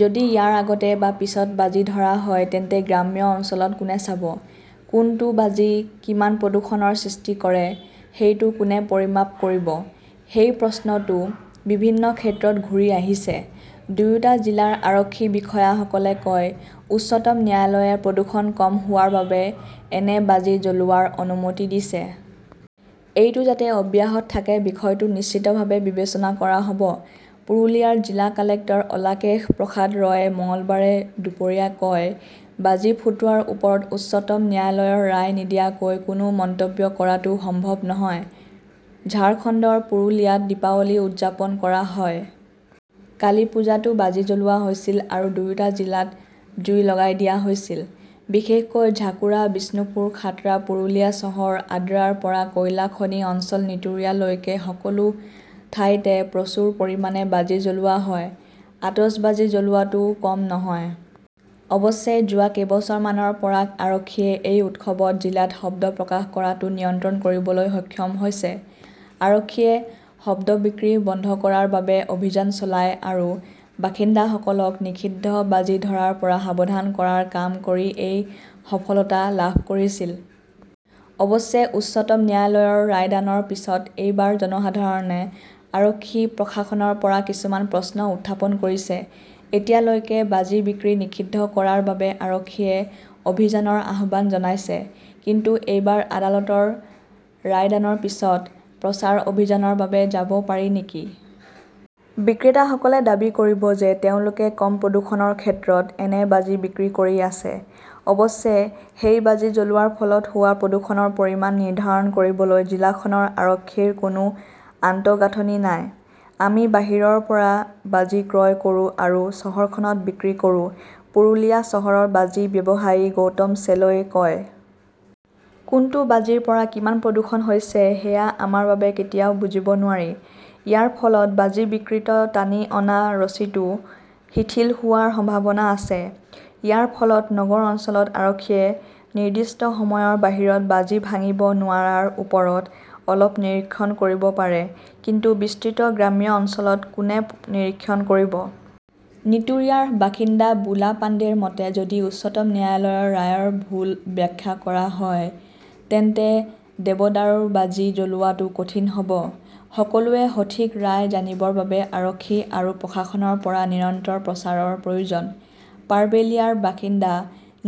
যদি ইয়াৰ আগতে বা পিছত বাজি ধৰা হয়, তেন্তে গ্ৰাম্য অঞ্চলত কোনে চাব? কোনটো বাজি কিমান প্ৰদূষণৰ সৃষ্টি কৰে, সেইটো কোনে পৰিমাপ কৰিব? সেই প্ৰশ্নটো বিভিন্ন ক্ষেত্ৰত ঘূৰি আহিছে। দুয়োটা জিলাৰ আৰক্ষী বিষয়াসকলে কয়, "উচ্চতম ন্যায়ালয়ে প্ৰদূষণ কম হোৱাৰ বাবে এনে বাজি জ্বলোৱাৰ অনুমতি দিছে। এইটো যাতে অব্যাহত থাকে, বিষয়টো নিশ্চিতভাৱে বিবেচনা কৰা হব"। পুৰুলিয়াৰ জিলা কালেক্টৰ অলাকেশ প্ৰসাদ ৰয়ে মঙলবাৰে দুপৰীয়া কয়, "বাজি ফুুুটুৱাৰ ওপৰত উচ্চতম ন্যায়ালয়ৰ ৰায় নিদিয়াকৈ কোনো মন্তব্য কৰাটো সম্ভৱ নহয়"। ঝাৰখণ্ডৰ পুৰুলিয়াত দীপাৱলী উদযাপন কৰা হয়। কালীপুজাতো বাজি জ্বলোৱা হৈছিল আৰু দুয়োটা জিলাত জুই লগাই দিয়া হৈছিল। বিশেষকৈ বাঁকুৰা, বিষ্ণুপুৰ, খাট্ৰা, পুৰুলিয়া চহৰ, আদ্ৰাৰ পৰা কয়লা খনি অঞ্চল নীতুৰিয়া লৈকে সকলো ঠাইতে প্ৰচুৰ পৰিমাণে বাজি জ্বলোৱা হয়। আতচবাজী জ্বলোৱাটোও কম নহয়। অৱশ্যে, যোৱা কেইবছৰমানৰ পৰা আৰক্ষীয়ে এই উৎসৱত জিলাত শব্দ প্ৰকাশ কৰাটো নিয়ন্ত্ৰণ কৰিবলৈ সক্ষম হৈছে। আৰক্ষীয়ে শব্দ বিক্ৰী বন্ধ কৰাৰ বাবে অভিযান চলায় আৰু বাসিন্দাসকলক নিষিদ্ধ বাজি ধৰাৰ পৰা সাৱধান কৰাৰ কাম কৰি এই সফলতা লাভ কৰিছিল। অৱশ্যে, উচ্চতম ন্যায়ালয়ৰ ৰায়দানৰ পিছত এইবাৰ জনসাধাৰণে আৰক্ষী-প্ৰশাসনৰ পৰা কিছুমান প্ৰশ্ন উত্থাপন কৰিছে। এতিয়ালৈকে বাজি বিক্ৰী নিষিদ্ধ কৰাৰ বাবে আৰক্ষীয়ে অভিযানৰ আহ্বান জনাইছে। কিন্তু এইবাৰ আদালতৰ ৰায়দানৰ পিছত প্ৰচাৰ অভিযানৰ বাবে যাব পাৰি নেকি? বিক্ৰেতাসকলে দাবী কৰিব যে, তেওঁলোকে কম প্ৰদূষণৰ ক্ষেত্ৰত এনে বাজি বিক্ৰী কৰি আছে। অৱশ্যে, সেই বাজি জ্বলোৱাৰ ফলত হোৱা প্ৰদূষণৰ পৰিমাণ নিৰ্ধাৰণ কৰিবলৈ জিলাখনৰ আৰক্ষীৰ কোনো আন্তঃগাঁথনি নাই। "আমি বাহিৰৰ পৰা বাজি ক্ৰয় কৰোঁ আৰু চহৰখনত বিক্ৰী কৰোঁ", পুৰুলিয়া চহৰৰ বাজি ব্যৱসায়ী গৌতম চেলই কয়। কোনটো বাজিৰ পৰা কিমান প্ৰদূষণ হৈছে, সেয়া আমাৰ বাবে কেতিয়াও বুজিব নোৱাৰি। ইয়াৰ ফলত বাজি বিক্ৰীত টানি অনা ৰছিটো শিথিল হোৱাৰ সম্ভাৱনা আছে। ইয়াৰ ফলত নগৰ অঞ্চলত আৰক্ষীয়ে নিৰ্দিষ্ট সময়ৰ বাহিৰত বাজি ভাঙিব নোৱাৰাৰ ওপৰত অলপ নিৰীক্ষণ কৰিব পাৰে, কিন্তু বিস্তৃত গ্ৰাম্য অঞ্চলত কোনে নিৰীক্ষণ কৰিব? নীতুৰিয়াৰ বাসিন্দা বুলা পাণ্ডেৰ মতে, "যদি উচ্চতম ন্যায়ালয়ৰ ৰায়ৰ ভুল ব্যাখ্যা কৰা হয়, তেন্তে দেৱদাৰুৰ বাজি জ্বলোৱাটো কঠিন হব। সকলোৱে সঠিক ৰায় জানিবৰ বাবে আৰক্ষী আৰু প্ৰশাসনৰ পৰা নিৰন্তৰ প্ৰচাৰৰ প্ৰয়োজন"। পাৰ্বেলিয়াৰ বাসিন্দা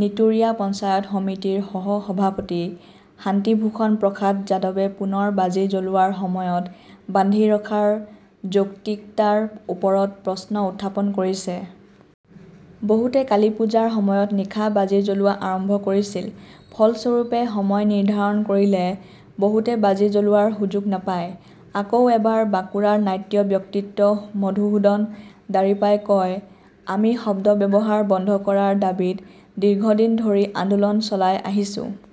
নীতুৰিয়া পঞ্চায়ত সমিতিৰ সহ-সভাপতি শান্তিভূষণ প্ৰসাদ যাদৱে পুনৰ বাজি জ্বলোৱাৰ সময়ত বান্ধি ৰখাৰ যৌক্তিকতাৰ ওপৰত প্ৰশ্ন উত্থাপন কৰিছে। "বহুতে কালীপূজাৰ সময়ত নিশা বাজি জ্বলোৱা আৰম্ভ কৰিছিল। ফলস্বৰূপে, সময় নিৰ্ধাৰণ কৰিলে বহুতে বাজি জ্বলোৱাৰ সুযোগ নাপায়"। আকৌ এবাৰ বাঁকুৰাৰ নাট্য ব্যক্তিত্ব মধুসূদন দাৰিপাই কয়, "আমি শব্দ ব্যৱহাৰ বন্ধ কৰাৰ দাবীত দীৰ্ঘদিন ধৰি আন্দোলন চলাই আহিছো"।